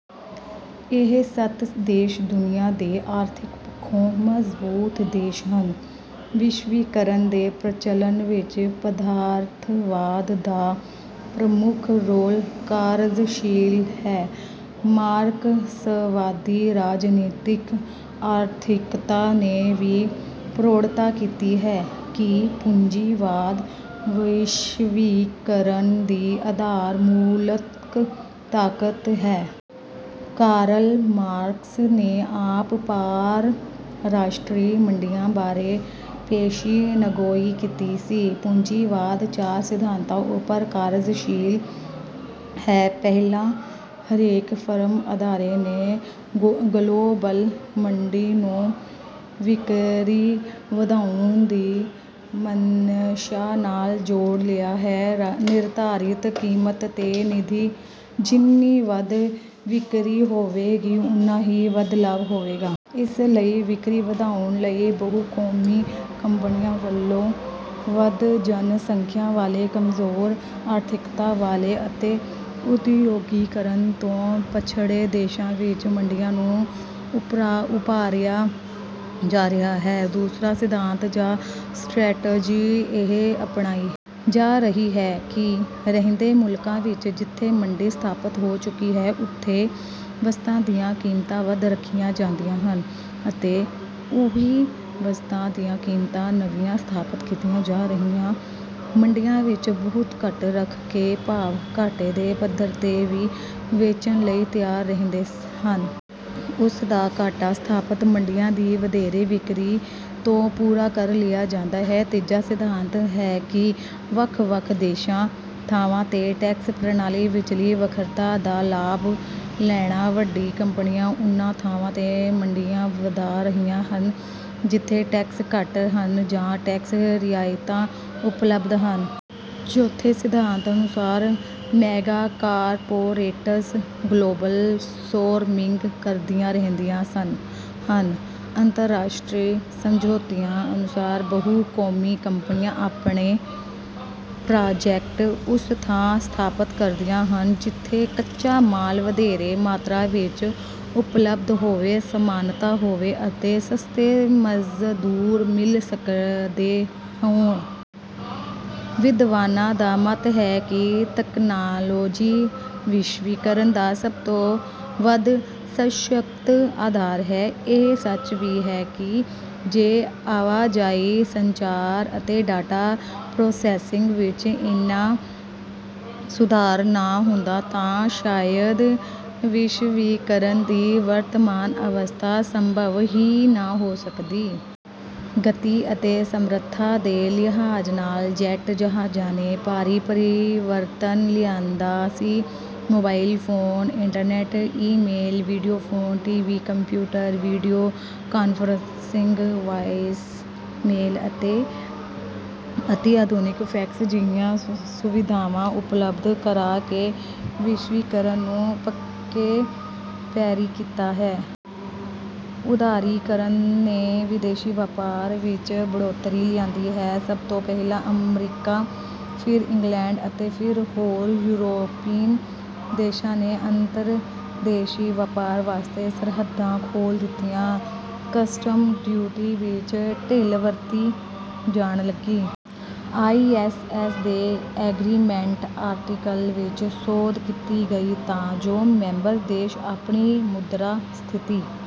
ਇਹ ਸੱਤ ਦੇਸ਼ ਦੁਨੀਆਂ ਦੇ ਆਰਥਿਕ ਪੱਖੋਂ ਮਜ਼ਬੂਤ ਦੇਸ਼ ਹਨ। ਵਿਸ਼ਵੀਕਰਨ ਦੇ ਪ੍ਰਚਲਣ ਵਿੱਚ ਪਦਾਰਥਵਾਦ ਦਾ ਪ੍ਰਮੁੱਖ ਰੋਲ ਕਾਰਜਸ਼ੀਲ ਹੈ। ਮਾਰਕਸਵਾਦੀ ਰਾਜਨੀਤਿਕ ਆਰਥਿਕਤਾ ਨੇ ਵੀ ਪ੍ਰੋੜਤਾ ਕੀਤੀ ਹੈ ਕਿ ਪੂੰਜੀਵਾਦ ਵਿਸ਼ਵੀਕਰਨ ਦੀ ਆਧਾਰ-ਮੂਲਕ ਤਾਕਤ ਹੈ। ਕਾਰਲ ਮਾਰਕਸ ਨੇ ਆਪ ਪਾਰ-ਰਾਸ਼ਟਰੀ ਮੰਡੀਆਂ ਬਾਰੇ ਪੇਸ਼ੀਨਗੋਈ ਕੀਤੀ ਸੀ। ਪੂੰਜੀਵਾਦ ਚਾਰ ਸਿਧਾਂਤਾਂ ਉੱਪਰ ਕਾਰਜਸ਼ੀਲ ਹੈ। ਪਹਿਲਾ, ਹਰੇਕ ਫਰਮ, ਅਦਾਰੇ ਨੇ ਗਲੋਬਲ ਮੰਡੀ ਨੂੰ ਵਿਕਰੀ ਵਧਾਉਣ ਦੀ ਮਨਸ਼ਾ ਨਾਲ ਜੋੜ ਲਿਆ ਹੈ। ਨਿਰਧਾਰਿਤ ਕੀਮਤ ਤੇ ਜਿੰਨੀ ਵੱਧ ਵਿਕਰੀ ਹੋਵੇਗੀ, ਉਨਾ ਹੀ ਵੱਧ ਲਾਭ ਹੋਵੇਗਾ। ਇਸ ਲਈ ਵਿਕਰੀ ਵਧਾਉਣ ਲਈ ਬਹੁ-ਕੌਮੀ ਕੰਪਨੀਆਂ ਵੱਲੋਂ ਵੱਧ ਜਨ ਸੰਖਿਆ ਵਾਲੇ, ਕਮਜ਼ੋਰ ਆਰਥਿਕਤਾ ਵਾਲੇ ਅਤੇ ਉਦਯੋਗੀਕਰਨ ਤੋਂ ਪਛੜੇ ਦੇਸ਼ਾਂ ਵਿੱਚ ਮੰਡੀਆਂ ਨੂੰ ਉਭਾਰਿਆ ਜਾ ਰਿਹਾ ਹੈ। ਦੂਸਰਾ ਸਿਧਾਂਤ ਜਾਂ ਸਟ੍ਰੈਟਜੀ ਇਹ ਅਪਣਾਈ ਜਾ ਰਹੀ ਹੈ ਕਿ ਰਹਿੰਦੇ ਮੁਲਕਾਂ ਵਿੱਚ ਜਿੱਥੇ ਮੰਡੀ ਸਥਾਪਤ ਹੋ ਚੁੱਕੀ ਹੈ, ਉੱਥੇ ਵਸਤਾਂ ਦੀਆਂ ਕੀਮਤਾਂ ਵੱਧ ਰੱਖੀਆਂ ਜਾਂਦੀਆਂ ਹਨ ਅਤੇ ਉਹੀ ਵਸਤਾਂ ਦੀਆਂ ਕੀਮਤਾਂ ਨਵੀਆਂ ਸਥਾਪਤ ਕੀਤੀਆਂ ਜਾ ਰਹੀਆਂ ਮੰਡੀਆਂ ਵਿੱਚ ਬਹੁਤ ਘੱਟ ਰੱਖ ਕੇ ਭਾਵ ਘਾਟੇ ਦੇ ਪੱਧਰ ਤੇ ਵੀ ਵੇਚਣ ਲਈ ਤਿਆਰ ਰਹਿੰਦੇ ਹਨ। ਉਸ ਦਾ ਘਾਟਾ ਸਥਾਪਤ ਮੰਡੀਆਂ ਦੀ ਵਧੇਰੇ ਵਿਕਰੀ ਤੋਂ ਪੂਰਾ ਕਰ ਲਿਆ ਜਾਂਦਾ ਹੈ। ਤੀਜਾ ਸਿਧਾਂਤ ਹੈ ਕਿ ਵੱਖ-ਵੱਖ ਦੇਸ਼ਾਂ, ਥਾਵਾਂ ਤੇ ਟੈਕਸ ਪ੍ਰਣਾਲੀ ਵਿਚਲੀ ਵੱਖਰਤਾ ਦਾ ਲਾਭ ਲੈਣਾ। ਵੱਡੀਆਂ ਕੰਪਨੀਆਂ ਉਨ੍ਹਾਂ ਥਾਵਾਂ ਤੇ ਮੰਡੀਆਂ ਵਧਾ ਰਹੀਆਂ ਹਨ ਜਿੱਥੇ ਟੈਕਸ ਘੱਟ ਹਨ ਜਾਂ ਟੈਕਸ ਰਿਆਇਤਾਂ ਉਪਲਬੱਧ ਹਨ। ਚੌਥੇ ਸਿਧਾਂਤ ਅਨੁਸਾਰ ਮੈਗਾਕਾਰਪੋਰੇਟਸ ਗਲੋਬਲ ਸੋਰਮਿੰਗ ਕਰਦੀਆਂ ਰਹਿੰਦੀਆਂ ਹਨ। ਅੰਤਰਰਾਸ਼ਟਰੀ ਸਮਝੌਤਿਆਂ ਅਨੁਸਾਰ ਬਹੁ-ਕੌਮੀ ਕੰਪਨੀਆਂ ਆਪਣੇ ਪ੍ਰਾਜੈਕਟ ਉਸ ਥਾਂ ਸਥਾਪਤ ਕਰਦੀਆਂ ਹਨ, ਜਿੱਥੇ ਕੱਚਾ ਮਾਲ ਵਧੇਰੇ ਮਾਤਰਾ ਵਿੱਚ ਉਪਲਬਧ ਹੋਵੇ, ਸਮਾਨਤਾ ਹੋਵੇ ਅਤੇ ਸਸਤੇ ਮਜ਼ਦੂਰ ਮਿਲ ਸਕਦੇ ਹੋਣ। ਵਿਦਵਾਨਾਂ ਦਾ ਮੱਤ ਹੈ ਕਿ ਤਕਨਾਲੋਜੀ ਵਿਸ਼ਵੀਕਰਨ ਦਾ ਸਭ ਤੋਂ ਵੱਧ ਸਸ਼ੱਕਤ ਆਧਾਰ ਹੈ। ਇਹ ਸੱਚ ਵੀ ਹੈ ਕਿ ਜੇ ਆਵਾਜਾਈ, ਸੰਚਾਰ ਅਤੇ ਡਾਟਾ ਪ੍ਰੋਸੈਸਿੰਗ ਵਿੱਚ ਏਨਾ ਸੁਧਾਰ ਨਾ ਹੁੰਦਾ ਤਾਂ ਸ਼ਾਇਦ ਵਿਸ਼ਵੀਕਰਨ ਦੀ ਵਰਤਮਾਨ ਅਵਸਥਾ ਸੰਭਵ ਹੀ ਨਾ ਹੋ ਸਕਦੀ। ਗਤੀ ਅਤੇ ਸਮਰੱਥਾ ਦੇ ਲਿਹਾਜ਼ ਨਾਲ ਜੈਟ ਜਹਾਜ਼ਾਂ ਨੇ ਭਾਰੀ ਪਰਿਵਰਤਨ ਲਿਆਂਦਾ ਸੀ। Mobile phone, internet, email, video phone, T V, computer, video conferencing, voicemail ਅਤੇ ਅਤੀ ਆਧੁਨਿਕ ਫੈਕਸ ਜਿਹੀਆਂ ਸੁਵਿਧਾਵਾਂ ਉਪਲਬਧ ਕਰਾ ਕੇ ਵਿਸ਼ਵੀਕਰਨ ਨੂੰ ਪੱਕੇ ਪੈਰੀਂ ਕੀਤਾ ਹੈ। ਉਦਾਰੀਕਰਨ ਨੇ ਵਿਦੇਸ਼ੀ ਵਪਾਰ ਵਿੱਚ ਬੜ੍ਹੋਤਰੀ ਲਿਆਂਦੀ ਹੈ। ਸਭ ਤੋਂ ਪਹਿਲਾਂ ਅਮਰੀਕਾ, ਫਿਰ ਇੰਗਲੈਂਡ ਅਤੇ ਫਿਰ ਹੋਰ ਯੂਰੋਪੀਨ ਦੇਸ਼ਾਂ ਨੇ ਅੰਤਰਦੇਸ਼ੀ ਵਪਾਰ ਵਾਸਤੇ ਸਰਹੱਦਾਂ ਖੋਲ ਦਿੱਤੀਆਂ, ਕਸਟਮ ਡਿਊਟੀ ਵਿੱਚ ਢਿਲ ਵਰਤੀ ਜਾਣ ਲਗੀ। ਆਈ ਐਸ ਐਸ ਦੇ ਐਗਰੀਮੈਂਟ ਆਰਟੀਕਲ ਵਿੱਚ ਸੋਧ ਕੀਤੀ ਗਈ ਤਾਂ ਜੋ ਮੈਂਬਰ ਦੇਸ਼ ਆਪਣੀ ਮੁਦਰਾ ਸਥਿਤੀ